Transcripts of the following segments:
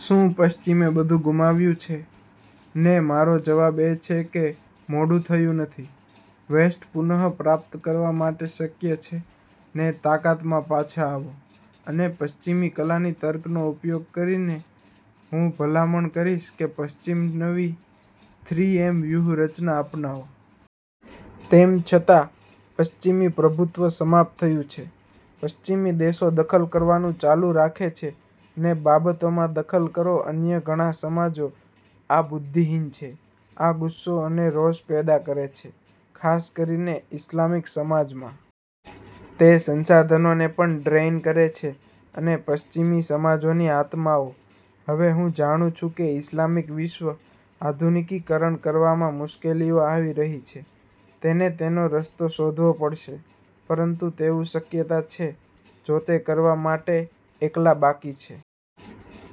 શું પશ્ચિમે બધુ ગુમાવ્યું છે? અને મારો જવાબ એ છે કે મોડું થયું નથી. વેસ્ટ પુનઃ પ્રાપ્ત કરવા માટે શક્ય છે અને તાકાતમાં પાછા આવો. અને પશ્ચિમી કલાની તર્કનો ઉપયોગ કરીને હું ભલામણ કરીશ કે પશ્ચિમ નવી "થ્રી-એમ" વ્યૂહરચના અપનાવો. તેમ છતાં પશ્ચિમી પ્રભુત્વ સમાપ્ત થયું છે. પશ્ચિમી દેશો દખલ કરવાનું ચાલુ રાખે છે અને બાબતોમાં દખલ કરો અન્ય ઘણા સમાજો. આ બુદ્ધિહીન છે. આ ગુસ્સો અને રોષ પેદા કરે છે ખાસ કરીને ઇસ્લામિક સમાજમાં. તે સંસાધનોને પણ ડ્રેઇન કરે છે અને પશ્ચિમી સમાજોની આત્માઓ. હવે હું જાણું છું કે ઇસ્લામિક વિશ્વ આધુનિકીકરણ કરવામાં મુશ્કેલીઓ આવી રહી છે. તેને તેનો રસ્તો શોધવો પડશે પરંતુ તેવું શક્યતા છે જો તે કરવા માટે એકલા બાકી છે.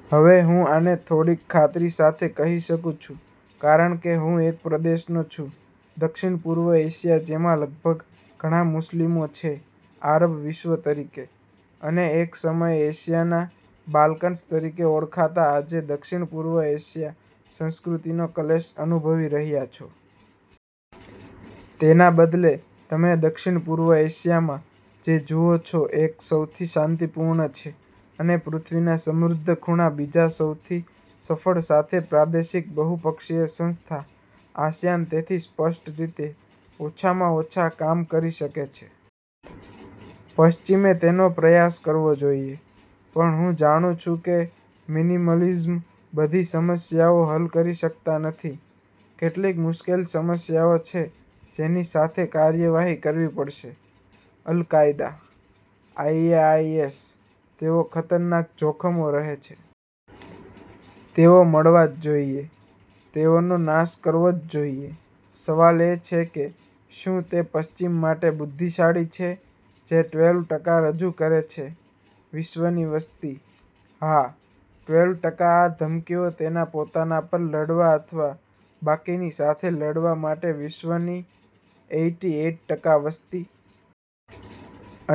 હવે હું આને થોડીક ખાતરી સાથે કહી શકું છું કારણ કે હું એક પ્રદેશનો છું દક્ષિણપૂર્વ એશિયા જેમાં લગભગ ઘણા મુસ્લિમો છે આરબ વિશ્વ તરીકે. અને એક સમયે એશિયાના "બાલ્કન્સ" તરીકે ઓળખાતા આજે દક્ષિણપૂર્વ એશિયા સંસ્કૃતિનો ક્લેશ અનુભવી રહ્યા છો. તેના બદલે તમે દક્ષિણપૂર્વ એશિયામાં જે જુઓ છો એક સૌથી શાંતિપૂર્ણ છે અને પૃથ્વીના સમૃદ્ધ ખૂણા બીજા સૌથી સફળ સાથે પ્રાદેશિક બહુપક્ષીય સંસ્થા, આસિયાન તેથી સ્પષ્ટ રીતે, ઓછામાં ઓછા કામ કરી શકે છે. પશ્ચિમે તેનો પ્રયાસ કરવો જોઈએ. પણ હું જાણું છું કે મિનિમલિઝમ બધી સમસ્યાઓ હલ કરી શકતા નથી. કેટલીક મુશ્કેલ સમસ્યાઓ છે જેની સાથે કાર્યવાહી કરવી પડશે, અલ કાયદા, આઈએસઆઈએસ તેઓ ખતરનાક જોખમો રહે છે. તેઓ મળવા જ જોઈએ. તેઓનો નાશ કરવો જ જોઇએ. સવાલ એ છે કે, "શું તે પશ્ચિમ માટે બુદ્ધિશાળી છે જે ટ્વેલ્વ ટકા રજૂ કરે છે વિશ્વની વસ્તી?" હા, ટ્વેલ્વ ટકા આ ધમકીઓ તેના પોતાના પર લડવા અથવા બાકીની સાથે લડવા માટે વિશ્વની એઈટી એઈટ ટકા વસ્તી?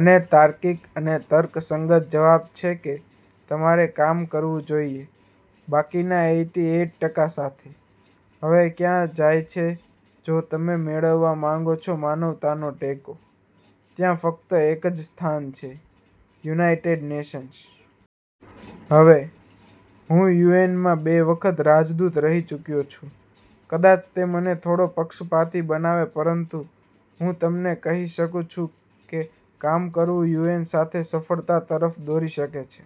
અને તાર્કિક અને તર્કસંગત જવાબ છે કે તમારે કામ કરવું જોઈએ બાકીના એઈટી એઈટ ટકા સાથે. હવે ક્યાં જાય છે જો તમે મેળવવા માંગો છો માનવતાનો ટેકો? ત્યાં ફક્ત એક જ સ્થાન છે, "યુનાઇટેડ નેશન્સ". હવે, હું યુએનમાં બે વખત રાજદૂત રહી ચૂક્યો છું. કદાચ તે મને થોડો પક્ષપાતી બનાવે પરંતુ હું તમને કહી શકું છું કે કામ કરવું યુએન સાથે સફળતા તરફ દોરી શકે છે.